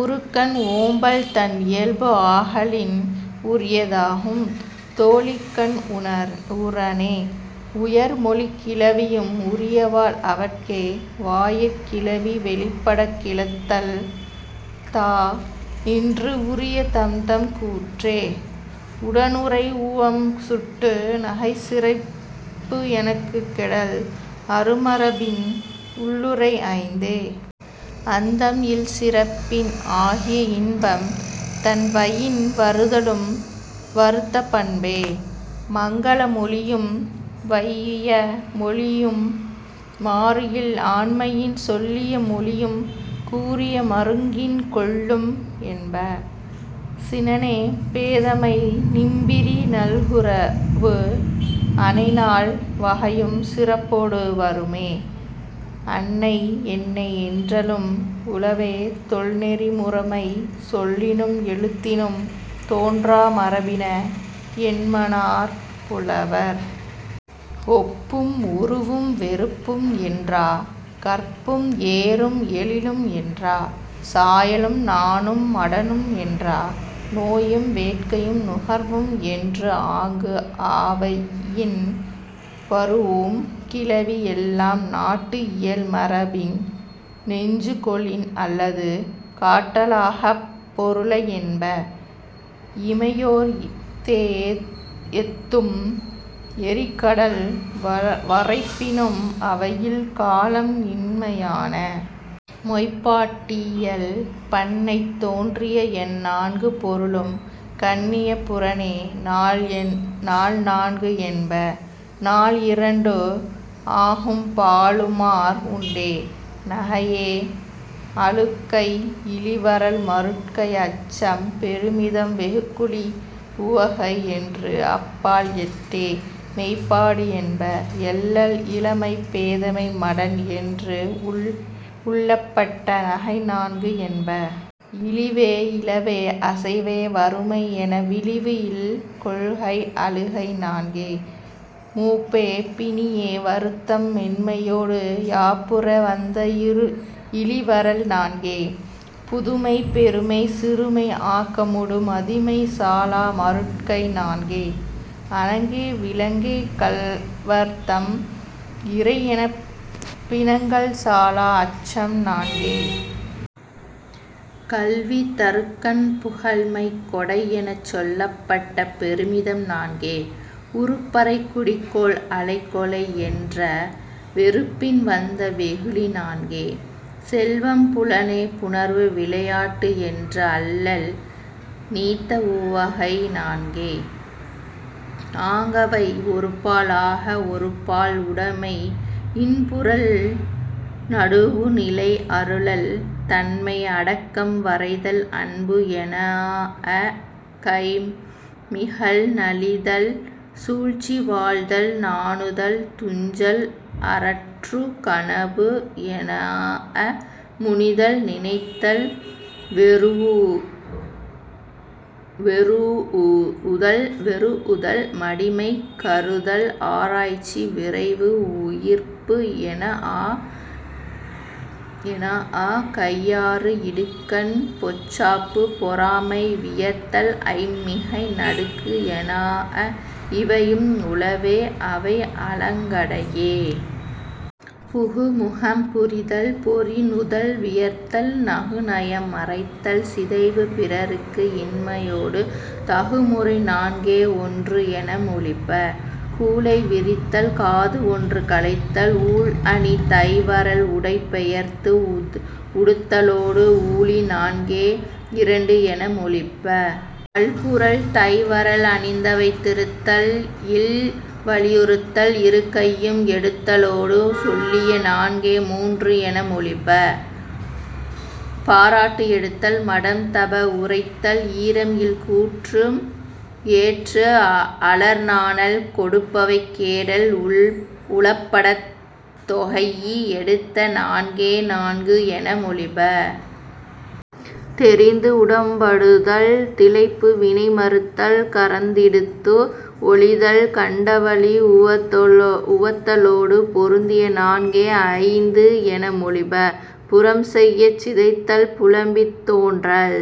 உறுகண் ஓம்பல் தன் இயல்பு ஆகலின் உரியதாகும் தோழிகண் உரனே. உயர் மொழிக் கிளவியும் உரியவால் அவட்கே. வாயிற் கிளவி வெளிப்படக் கிளத்தல் தா இன்று உரிய தம்தம் கூற்றே. உடனுறை உவமம் சுட்டு நகை சிறப்பு எனக் கெடல் அரு மரபின் உள்ளுறை ஐந்தே. அந்தம் இல் சிறப்பின் ஆகிய இன்பம் தன்வயின் வருதலும் வகுத்த பண்பே. மங்கல மொழியும் வைஇய மொழியும் மாறு இல் ஆண்மையின் சொல்லிய மொழியும் கூறிய மருங்கின் கொள்ளும் என்ப. சினனே பேதைமை நிம்பிரி நல்குரவு அனை நால் வகையும் சிறப்பொடு வருமே. அன்னை என்னை என்றலும் உளவே தொல் நெறி முறைமை சொல்லினும் எழுத்தினும் தோன்றா மரபின என்மனார் புலவர். ஒப்பும் உருவும் வெறுப்பும் என்றா கற்பும் ஏரும் எழிலும் என்றா சாயலும் நாணும் மடனும் என்றா நோயும் வேட்கையும் நுகர்வும் என்று ஆங்கு ஆவயின் வரூஉம் கிளவி எல்லாம் நாட்டு இயல் மரபின் நெஞ்சு கொளின் அல்லது காட்டலாகாப் பொருள என்ப. இமையோர் தேஎத்தும் எறி கடல் வரைப்பினும் அவை இல் காலம் இன்மையான.. மெய்ப்பாட்டியல் பண்ணைத் தோன்றிய எண் நான்கு பொருளும் கண்ணிய புறனே நால் நான்கு என்ப. நால் இரண்டு ஆகும் பாலுமார் உண்டே. நகையே அழுகை இளிவரல் மருட்கை அச்சம் பெருமிதம் வெகுளி உவகை என்று அப் பால் எட்டே மெய்ப்பாடு என்ப. எள்ளல் இளமை பேதைமை மடன் என்று உள்ளப்பட்ட நகை நான்கு என்ப. இளிவே இழவே அசைவே வறுமை என விளிவு இல் கொள்கை அழுகை நான்கே. மூப்பே பிணியே வருத்தம் மென்மையொடு யாப்புற வந்த இளிவரல் நான்கே. புதுமை பெருமை சிறுமை ஆக்கமொடு மதிமை சாலா மருட்கை நான்கே. அணங்கே விலங்கே கள்வர் தம் இறை எனப் பிணங்கல் சாலா அச்சம் நான்கே. கல்வி தறுகண் புகழ்மை கொடை எனச் சொல்லப்பட்ட பெருமிதம் நான்கே. உறுப்பறை குடிகோள் அலை கொலை என்ற வெறுப்பின் வந்த வெகுளி நான்கே. செல்வம் புலனே புணர்வு விளையாட்டு என்று அல்லல் நீத்த உவகை நான்கே. ஆங்கவை ஒரு பால் ஆக ஒரு பால் உடைமை இன்புறல் நடுவுநிலை அருளல் தன்மை அடக்கம் வரைதல் அன்பு எனாஅ கைம்மிகல் நலிதல் சூழ்ச்சி வாழ்த்தல் நாணுதல் துஞ்சல் அரற்று கனவு எனாஅ முனிதல் நினைதல் வெரூஉதல் மடிமை கருதல் ஆராய்ச்சி விரைவு உயிர்ப்பு எனாஅ கையாறு இடுக்கண் பொச்சாப்பு பொறாமை வியர்த்தல் ஐயம் மிகை நடுக்கு எனாஅ இவையும் உளவே அவை அலங்கடையே. புகு முகம் புரிதல் பொறி நுதல் வியர்த்தல் நகு நயம் மறைத்தல் சிதைவு பிறர்க்கு இன்மையொடு தகு முறை நான்கே ஒன்று என மொழிப. கூழை விரித்தல் காது ஒன்று களைதல் ஊழ் அணி தைவரல் உடை பெயர்த்து உடுத்தலொடு ஊழி நான்கே இரண்டு என மொழிப. அல்குல் தைவரல் அணிந்தவை திருத்தல் இல் வலியுறுத்தல் இரு கையும் எடுத்தலொடு சொல்லிய நான்கே மூன்று என மொழிப. பாராட்டு எடுத்தல் மடம் தப உரைத்தல் ஈரம் இல் கூற்றம் ஏற்று அலர் நாணல் கொடுப்பவை கோடல் உளப்படத் தொகைஇ எடுத்த நான்கே நான்கு என மொழிப. தெரிந்து உடம்படுதல் திளைப்பு வினை மறுத்தல் கரந்திடத்து ஒழிதல் கண்டவழி உவத்தலொடு பொருந்திய நான்கே ஐந்து என மொழிப. புறம் செயச் சிதைதல் புலம்பித் தோன்றல்